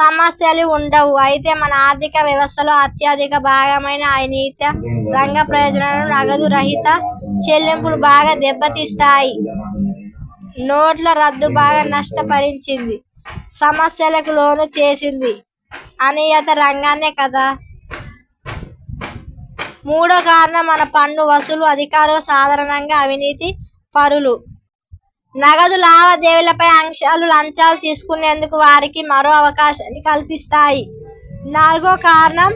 సమస్యలు వుండవు. అయితే మన ఆర్థిక వ్యవస్థలో అత్యధిక భాగమైన అనియత రంగ ప్రయోజనాలను నగదు రహిత చెల్లింపులు బాగా దెబ్బతీస్తాయి. నోట్ల రద్దు బాగా నష్ట పరిచింది, సమస్యలకు లోను చేసింది అనియత రంగాన్నే కదా. మూడో కారణం మన పన్ను వసూలు అధికారులు సాధారణంగా అవినీతి పరులు. నగదు లావాదేవీల పై ఆంక్షలు లంచాలు తీసుకునేందుకు వారికి మరో అవకాశాన్ని కల్పిస్తాయి. నాలుగో కారణం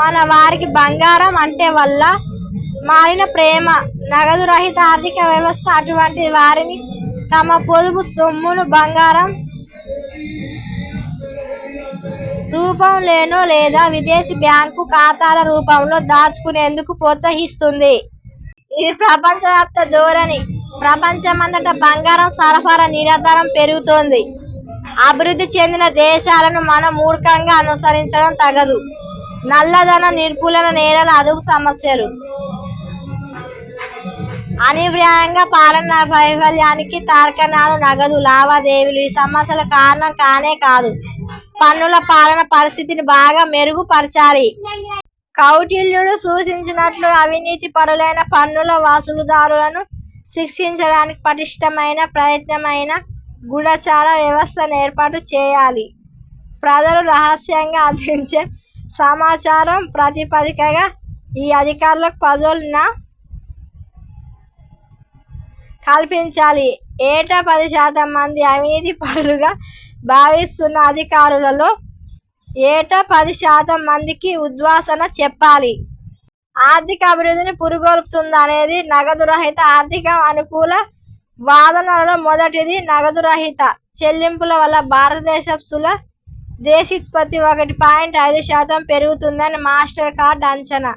మన వారికి బంగారం అంటే వల్ల మాలిన ప్రేమ. నగదు రహిత ఆర్థిక వ్యవస్థ అటువంటి వారిని తమ పొదుపు సొమ్మును బంగారం రూపం లేను లేదా విదేశీ బ్యాంకు ఖాతాల రూపంలో దాచుకొనేందుకు ప్రోత్సహిస్తుంది. ఇది ప్రపంచవ్యాప్త ధోరణి. ప్రపంచమంతటా బంగారం సరఫరా నిరంతరం పెరుగుతోంది. అభివృద్ధి చెందిన దేశాలను మనం మూర్ఖంగా అనుసరించడం తగదు. నల్లధనం నిర్మూలన, నేరాల అదుపు సమస్యలు అనివార్యంగా పాలనా వైఫల్యానికి తార్కాణాలు. నగదు లావాదేవీలు ఈ సమస్యలకు కారణం కానేకాదు. పన్నుల పాలనా పరిస్థితిని బాగా మెరుగు పరచాలి. కౌటిల్యుడు సూచించినట్లుగా అవినీతి పరులైన పన్నుల వసూలుదారులను శిక్షించడానికి పటిష్ఠమైన ప్రత్యామ్నాయ గూఢచార వ్యవస్థ నేర్పాటు చేయాలి ప్రజలు రహస్యంగా అందించే సమాచారం ప్రాతిపదికగా ఈ అధికారులకు పదోన్న కల్పించాలి. ఏటా పది శాతం మంది అవినీతి పరులుగా భావిస్తున్న అధికారులలో ఏటా పది శాతం మందికి ఉద్వాసన చెప్పాలి. ఆర్థికాభివృద్ధిని పురిగొల్పుతుందనేది నగదు రహిత ఆర్థికం అనుకూల వాదనలలో మొదటిది. నగదురహిత చెల్లింపుల వల్ల భారతదేశపు స్థూల దేశియోత్పత్తి ఒకటి పాయింట్ ఐదు శాతం పెరుగుతుందని మాస్టర్ కార్డ్ అంచనా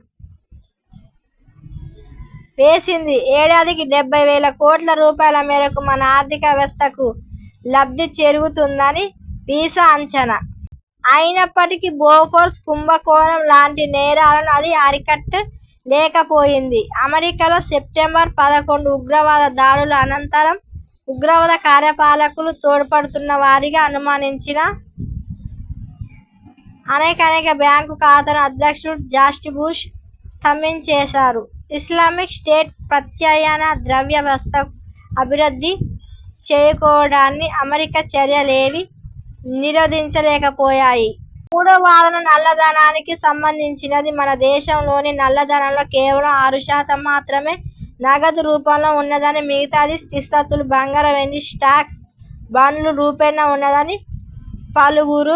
వేసింది. ఏడాదికి డెబ్బై వేల కోట్ల రూపాయల మేరకు మన ఆర్థిక వ్యవస్థకు లబ్ధి చేకూరుతుందని వీసా అంచనా. అయినప్పటికీ బోఫోర్స్ కుంభకోణం లాంటి నేరాలను అది అరికట్ట లేకపోయింది. అమెరికాలో సెప్టెంబర్ పదకొండు ఉగ్రవాద దాడుల అనంతరం ఉగ్రవాద కార్యకలాపాలకు తోడ్పడుతున్నవారివిగా అనుమానించిన అనేకానేక బ్యాంకు ఖాతాలను అధ్యక్షుడు జార్జిబుష్ స్తంభింపచేశారు. ఇస్లామిక్ స్టేట్ ప్రత్యామ్నాయ ద్రవ్య వ్యవస్థను అభివృద్ధి చేయికోవడాన్ని అమెరికా చర్యలేవీ నిరోధించలేకపోయాయి. మూడో వాదన నల్లధనానికి సంబంధించినది. మన దేశంలోని నల్ల ధనంలో కేవలం ఆరు శాతం మాత్రమే నగదు రూపంలో ఉన్నదని, మిగతాది స్థిరాస్థులు, బంగారం, వెండి, స్టాక్స్, బాండ్లు రూపేణా ఉన్నదని పలువురు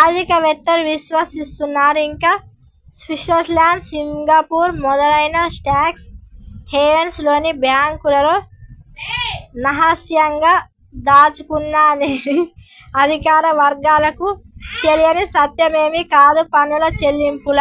ఆర్థిక వేత్తలు విశ్వసిస్తున్నారు. ఇంకా స్విట్జర్లాండ్, సింగపూర్ మొదలైన ట్యాక్స్ హేవెన్స్ లోని బ్యాంకులలో నహస్యంగా దాచుకున్నారనేది అధికార వర్గాలకు తెలియని సత్యమేమీ కాదు. పన్నుల చెల్లింపుల